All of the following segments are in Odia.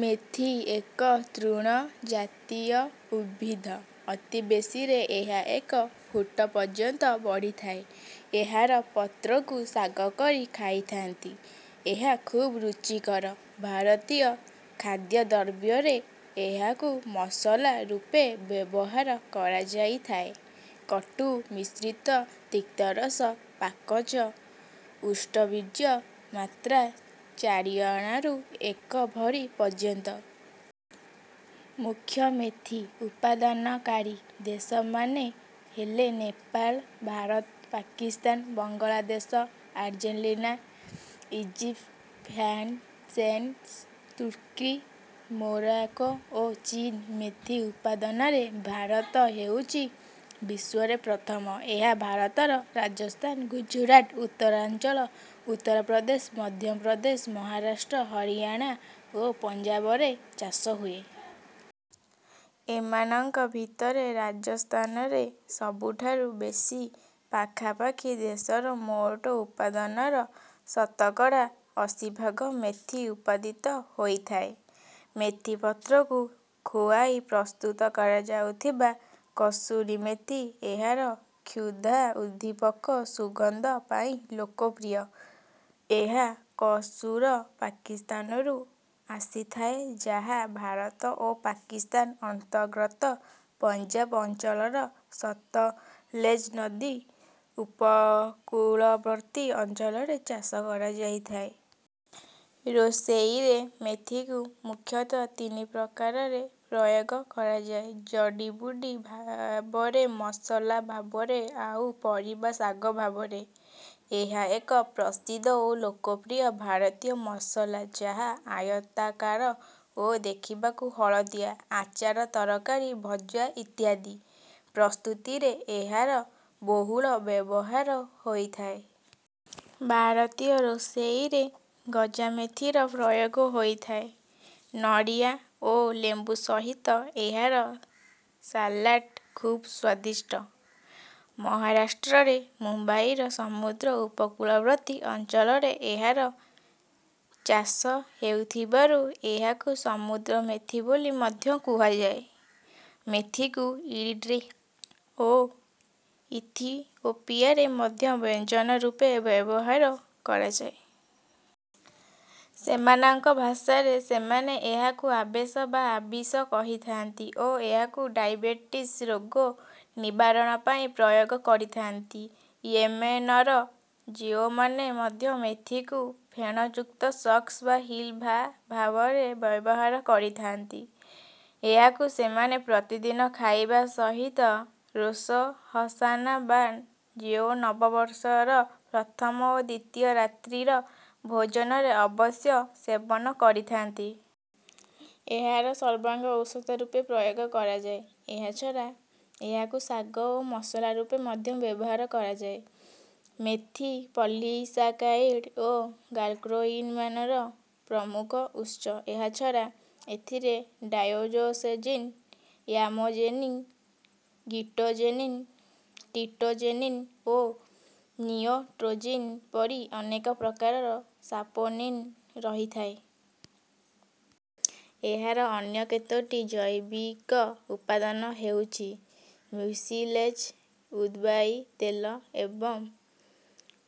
ମେଥି ଏକ ତୃଣ ଜାତୀୟ ଉଦ୍ଭିଦ। ଅତି ବେଶୀରେ ଏହା ଏକ ଫୁଟ ପର୍ଯ୍ୟନ୍ତ ବଢ଼ିଥାଏ। ଏହାର ପତ୍ରକୁ ଶାଗ କରି ଖାଇଥାନ୍ତି। ଏହା ଖୁବ୍ ରୁଚିକର। ଭାରତୀୟ ଖାଦ୍ୟଦ୍ରବ୍ୟରେ ଏହାକୁ ମସଲା ରୂପେ ବ୍ୟବହାର କରାଯାଇଥାଏ। କଟୁ ମିଶ୍ରିତ ତିକ୍ତରସ ପାଚକ ଉଷ୍ଣବୀର୍ଯ୍ୟ। ମାତ୍ରା ଚାରିଅଣାରୁ ଏକ ଭରି ପର୍ଯ୍ୟନ୍ତ। ମୁଖ୍ୟ ମେଥି ଉତ୍ପାଦନକାରୀ ଦେଶମାନେ ହେଲେ Nepal Bharat Pakistan Bangladesh Argentina Egypt France Spain ତୁର୍କୀ ମୋରୋକୋ ଓ ଚୀନ୍। ମେଥି ଉତ୍ପାଦନରେ ଭାରତ ହେଉଛି ବିଶ୍ୱରେ ପ୍ରଥମ। ଏହା ଭାରତର ରାଜସ୍ଥାନ ଗୁଜରାଟ ଉତ୍ତରାଞ୍ଚଳ ଉତ୍ତର ପ୍ରଦେଶ ମଧ୍ୟ ପ୍ରଦେଶ ମହାରାଷ୍ଟ୍ର ହରିୟାଣା ଓ ପଞ୍ଜାବରେ ଚାଷ ହୁଏ। ଏମାନଙ୍କ ଭିତରେ ରାଜସ୍ଥାନରେ ସବୁଠାରୁ ବେଶି ପାଖାପାଖି ଦେଶର ମୋଟ ଉତ୍ପାଦନର ଶତକଡ଼ା ଅଶୀ ଭାଗ ମେଥି ଉତ୍ପାଦିତ ହୋଇଥାଏ। ମେଥିପତ୍ରକୁ ଶୁଖାଇ ପ୍ରସ୍ତୁତ କରାଯାଉଥିବା କସୁରି ମେଥି ଏହାର କ୍ଷୁଧା ଉଦ୍ଦୀପକ ସୁଗନ୍ଧ ପାଇଁ ଲୋକପ୍ରିୟ। ଏହା କସୁର ପାକିସ୍ତାନରୁ ଆସିଥାଏ ଯାହା ଭାରତ ଓ ପାକିସ୍ତାନ ଅନ୍ତର୍ଗତ ପଞ୍ଜାବ ଅଞ୍ଚଳର ସତଲେଜ ନଦୀ ଉପକୂଳବର୍ତ୍ତୀ ଅଞ୍ଚଳରେ ଚାଷ କରାଯାଇଥାଏ। ରୋଷେଇରେ ମେଥିକୁ ମୁଖ୍ୟତଃ ତିନି ପ୍ରକାରରେ ପ୍ରୟୋଗ କରାଯାଏ ଜଡ଼ିବୁଟି ଭାବରେ ମସଲା ଭାବରେ ଆଉ ପରିବା ଶାଗ ଭାବରେ। ଏହା ଏକ ପ୍ରସିଦ୍ଧ ଓ ଲୋକପ୍ରିୟ ଭାରତୀୟ ମସଲା ଯାହା ଆୟତାକାର ଓ ଦେଖିବାକୁ ହଳଦିଆ। ଆଚାର ତରକାରି ଭଜା ଇତ୍ୟାଦି ପ୍ରସ୍ତୁତିରେ ଏହାର ବହୁଳ ବ୍ୟବହାର ହୋଇଥାଏ। ଭାରତୀୟ ରୋଷେଇରେ ଗଜାମେଥିର ପ୍ରୟୋଗ ହୋଇଥାଏ। ନଡ଼ିଆ ଓ ଲେମ୍ବୁ ସହିତ ଏହାର ସାଲାଡ୍ ଖୁବ୍ ସ୍ୱାଦିଷ୍ଠ। ମହାରାଷ୍ଟ୍ରରେ ମୁମ୍ବାଇର ସମୁଦ୍ର ଉପକୂଳବର୍ତ୍ତୀ ଅଞ୍ଚଳରେ ଏହାର ଚାଷ ହେଉଥିବାରୁ ଏହାକୁ ସମୁଦ୍ର ମେଥି ବୋଲି ମଧ୍ୟ କୁହାଯାଏ। ମେଥିକୁ ଇରିଟ୍ରିଆ ଓ ଇଥିଓପିଆରେ ମଧ୍ୟ ବ୍ୟଞ୍ଜନ ରୂପେ ବ୍ୟବହାର କରାଯାଏ। ସେମାନଙ୍କ ଭାଷାରେ ସେମାନେ ଏହାକୁ ଆବେଶ ବା ଆବିଶ କହିଥାନ୍ତି ଓ ଏହାକୁ ଡାଇବେଟିସ୍ ରୋଗ ନିବାରଣ ପାଇଁ ପ୍ରୟୋଗ କରିଥାନ୍ତି। ୟେମେନର ଜିଉମାନେ ମଧ୍ୟ ମେଥିକୁ ଫେଣଯୁକ୍ତ ସସ୍ ବା ହିଲ୍‌ବା ଭାବରେ ବ୍ୟବହାର କରିଥାନ୍ତି। ଏହାକୁ ସେମାନେ ପ୍ରତିଦିନ ଖାଇବା ସହିତ ରୋଶ ହସାନା ବା ଜିଉ ନବବର୍ଷର ପ୍ରଥମ ଓ ଦ୍ୱିତୀୟ ରାତ୍ରିର ଭୋଜନରେ ଅବଶ୍ୟ ସେବନ କରିଥାନ୍ତି। ଏହାର ସର୍ବାଙ୍ଗ ଔଷଧ ରୂପେ ପ୍ରୟୋଗ କରାଯାଏ। ଏହା ଛଡ଼ା ଏହାକୁ ଶାଗ ଓ ମସଲା ରୂପେ ମଧ୍ୟ ବ୍ୟବହାର କରାଯାଏ। ମେଥି ପଲିସାକାରାଇଡ୍ ଓ ଗାଲାକ୍ଟୋମାନନ୍‌ର ପ୍ରମୁଖ ଉତ୍ସ। ଏହା ଛଡ଼ା ଏଥିରେ ଡାୟୋସଜେନିନ୍ ୟାମୋଜେନିନ୍ ଗିଟୋଜେନିନ୍ ଟିଟୋଜେନିନ୍ ଓ ନିଓଟୋଜେନିନ୍ ପରି ଅନେକ ପ୍ରକାରର ସାପୋନିନ୍ ରହିଥାଏ। ଏହାର ଅନ୍ୟ କେତୋଟି ଜୈବିକ ଉପାଦାନ ହେଉଛି ମ୍ୟୁସିଲେଜ୍ ଉଦ୍‌ବାୟୀ ତେଲ ଏବଂ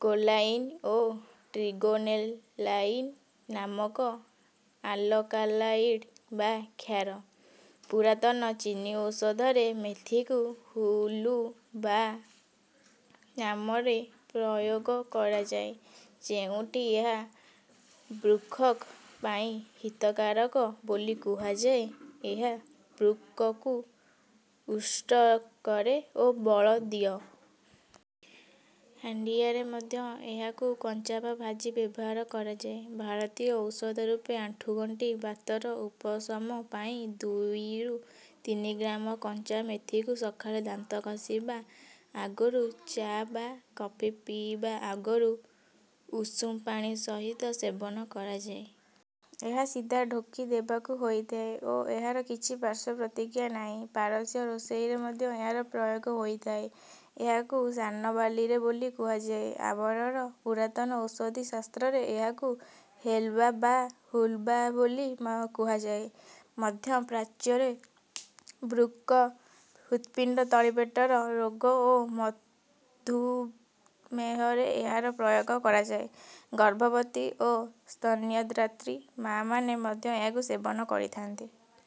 କୋଲାଇନ୍ ଓ ଟ୍ରିଗୋନେଲାଇନ୍ ନାମକ ଆଲକାଲଏଡ୍ ବା କ୍ଷାର। ପୁରାତନ ଚୀନୀ ଔଷଧରେ ମେଥିକୁ ହୁ-ଲୁ-ବା ନାମରେ ପ୍ରୟୋଗ କରାଯାଏ ଯେଉଁଠି ଏହା ବୃକ୍‌କ ପାଇଁ ହିତକାରକ ବୋଲି କୁହାଯାଏ। ଏହା ବୃକ୍‌କକୁ ଉଷ୍ଟ କରେ ଓ ବଳ ଦିଅ। ହାର୍ଣ୍ଣିଆରେ ମଧ୍ୟ ଏହାକୁ କଞ୍ଚା ବା ଭାଜି ବ୍ୟବହାର କରାଯାଏ। ଭାରତୀୟ ଔଷଧ ରୂପେ ଆଣ୍ଠୁଗଣ୍ଠି ବାତର ଉପଶମ ପାଇଁ ଦୁଇରୁ ତିନି ଗ୍ରାମ କଞ୍ଚା ମେଥିକୁ ସକାଳେ ଦାନ୍ତ ଘଷିବା ଆଗରୁ ଚା ବା କଫି ପିଇବା ଆଗରୁ ଉଷୁମ ପାଣି ସହିତ ସେବନ କରାଯାଏ। ଏହାକୁ ସିଧା ଢୋକି ଦେବାକୁ ହୋଇଥାଏ ଓ ଏହାର କିଛି ପାର୍ଶ୍ୱ ପ୍ରତିକ୍ରିୟା ନାହିଁ। ପାରସ୍ୟ ରୋଷେଇରେ ମଧ୍ୟ ଏହାର ପ୍ରୟୋଗ ହୋଇଥାଏ। ଏହାକୁ ସାନବାଲିଲେ ବୋଲି କୁହାଯାଏ। ଆରବର ପୁରାତନ ଔଷଧି ଶାସ୍ତ୍ରରେ ଏହାକୁ ହେଲ୍‌ବା ବା ହୁଲ୍‌ବା ବୋଲି କୁହାଯାଏ। ମଧ୍ୟ ପ୍ରାଚ୍ୟରେ ବୃକ୍‌କ ହୃତ୍‌ପିଣ୍ଡ ତଳିପେଟର ରୋଗ ଓ ମଧୁମେହରେ ଏହାର ପ୍ରୟୋଗ କରାଯାଏ। ଗର୍ଭବତୀ ଓ ସ୍ତନ୍ୟଦାତ୍ରୀ ମାଆମାନେ ମଧ୍ୟ ଏହାକୁ ସେବନ କରିଥାନ୍ତି।